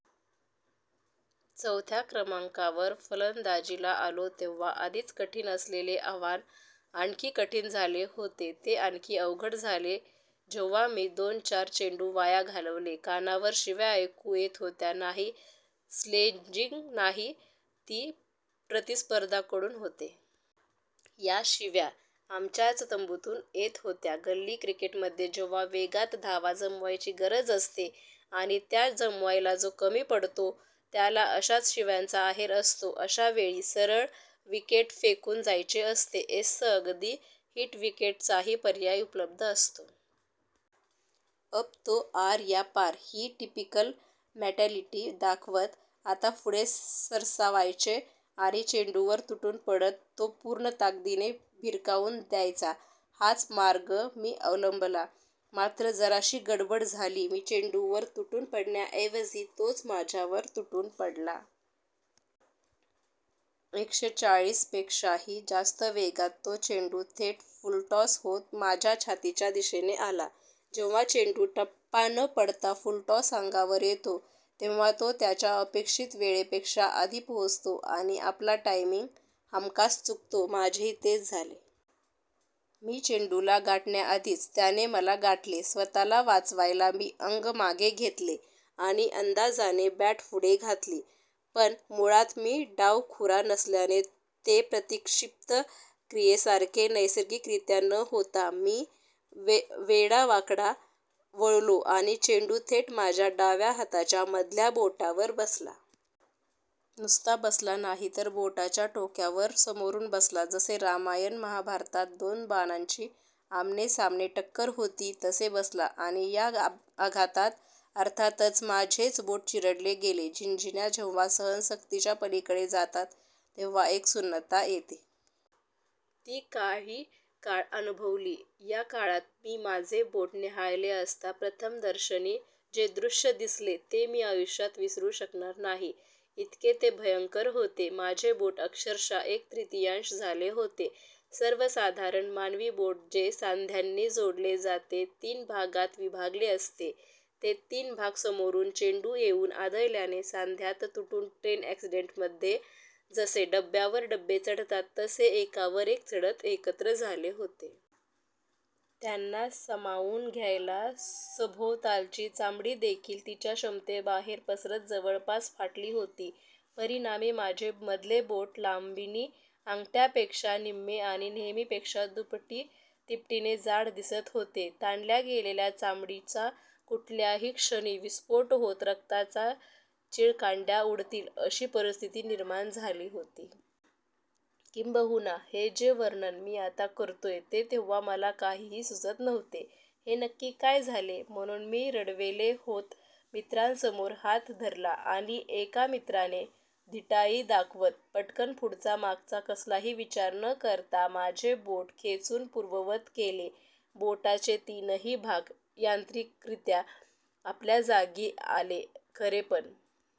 चौथ्या क्रमांकावर फलंदाजीला आलो तेव्हा आधीच कठीण असलेले आव्हान आणखी कठीण झाले होते. ते आणखी अवघड झाले जेव्हा मी दोन-चार चेंडू वाया घालवले. कानावर शिव्या ऐकू येत होत्या. नाही, स्लेजिंग नाही. ती प्रतिस्पर्ध्यांकडून होते. या शिव्या आमच्याच तंबूतून येत होत्या. गल्ली क्रिकेटमध्ये जेव्हा वेगात धावा जमवायची गरज असते आणि त्या जमवायला जो कमी पडतो, त्याला अशाच शिव्यांचा आहेर असतो. अशा वेळी सरळ विकेट फेकून जायचे असते, येस्स, अगदी हिटविकेटचाही पर्याय उपलब्ध असतो. अब तो आर या पार, ही टिपिकल मेंटॅलिटी दाखवत आता पुढे सरसावायचे आणि चेंडूवर तुटून पडत तो पूर्ण ताकदीने भिरकावून द्यायचा, हाच मार्ग मी अवलंबला, मात्र जराशी गडबड झाली. मी चेंडूवर तुटून पडण्याऐवजी तोच माझ्यावर तुटून पडला. एकशेचाळीसपेक्षाही जास्त वेगात तो चेंडू थेट फुलटॉस होत माझ्या छातीच्या दिशेने आला. जेव्हा चेंडू टप्पा न पडता फुलटॉस अंगावर येतो तेव्हा तो त्याच्या अपेक्षित वेळेपेक्षा आधी पोहोचतो आणि आपला टायमिंग हमखास चुकतो. माझेही तेच झाले. मी चेंडूला गाठण्याआधीच त्याने मला गाठले. स्वतःला वाचवायला मी अंग मागे घेतले आणि अंदाजाने बॅट पुढे घातली. पण मुळात मी डावखुरा नसल्याने ते प्रतिक्षिप्त क्रियेसारखे नैसर्गिकरीत्या न होता मी वेडावाकडा वळलो आणि चेंडू थेट माझ्या डाव्या हाताच्या मधल्या बोटावर बसला. नुसता बसला नाही तर बोटाच्या टोकावर समोरून बसला. जसे रामायण-महाभारतात दोन बाणांची आमनेसामने टक्कर होती तसे बसला. आणि या आघातात अर्थातच माझेच बोट चिरडले गेले. झिणझिण्या जेव्हा सहनशक्तीच्या पलीकडे जातात तेव्हा एक सुन्नता येते. ती काही काळ अनुभवली. या काळात मी माझे बोट न्याहाळले असता प्रथमदर्शनी जे दृश्य दिसले ते मी आयुष्यात विसरू शकणार नाही इतके ते भयंकर होते. माझे बोट अक्षरशः एक तृतीयांश झाले होते! सर्वसाधारण मानवी बोट जे सांध्यांनी जोडले जाते तीन भागांत विभागले असते, ते तीन भाग समोरून चेंडू येऊन आदळल्याने सांध्यात तुटून ट्रेन अ‍ॅक्सिडंटमध्ये जसे डब्ब्यांवर डब्बे चढतात तसे एकावर एक चढत एकत्र झाले होते. त्यांना सामावून घ्यायला सभोवतालची चामडीदेखील तिच्या क्षमतेबाहेर पसरत जवळपास फाटली होती. परिणामी माझे मधले बोट लांबीने अंगठ्यापेक्षा निम्मे आणि नेहमीपेक्षा दुपटी-तिपटीने जाड दिसत होते. ताणल्या गेलेल्या चामडीचा कुठल्याही क्षणी विस्फोट होत रक्ताच्या चिळकांड्या उडतील अशी परिस्थिती निर्माण झाली होती. किंबहुना हे जे वर्णन मी आता करतोय ते तेव्हा मला काहीही सुचत नव्हते. हे नक्की काय झाले म्हणून मी रडवेले होत मित्रांसमोर हात धरला आणि एका मित्राने धिटाई दाखवत पटकन पुढचा मागचा कसलाही विचार न करता माझे बोट खेचून पूर्ववत केले. बोटाचे तीनही भाग यांत्रिकरीत्या आपल्या जागी आले खरे, पण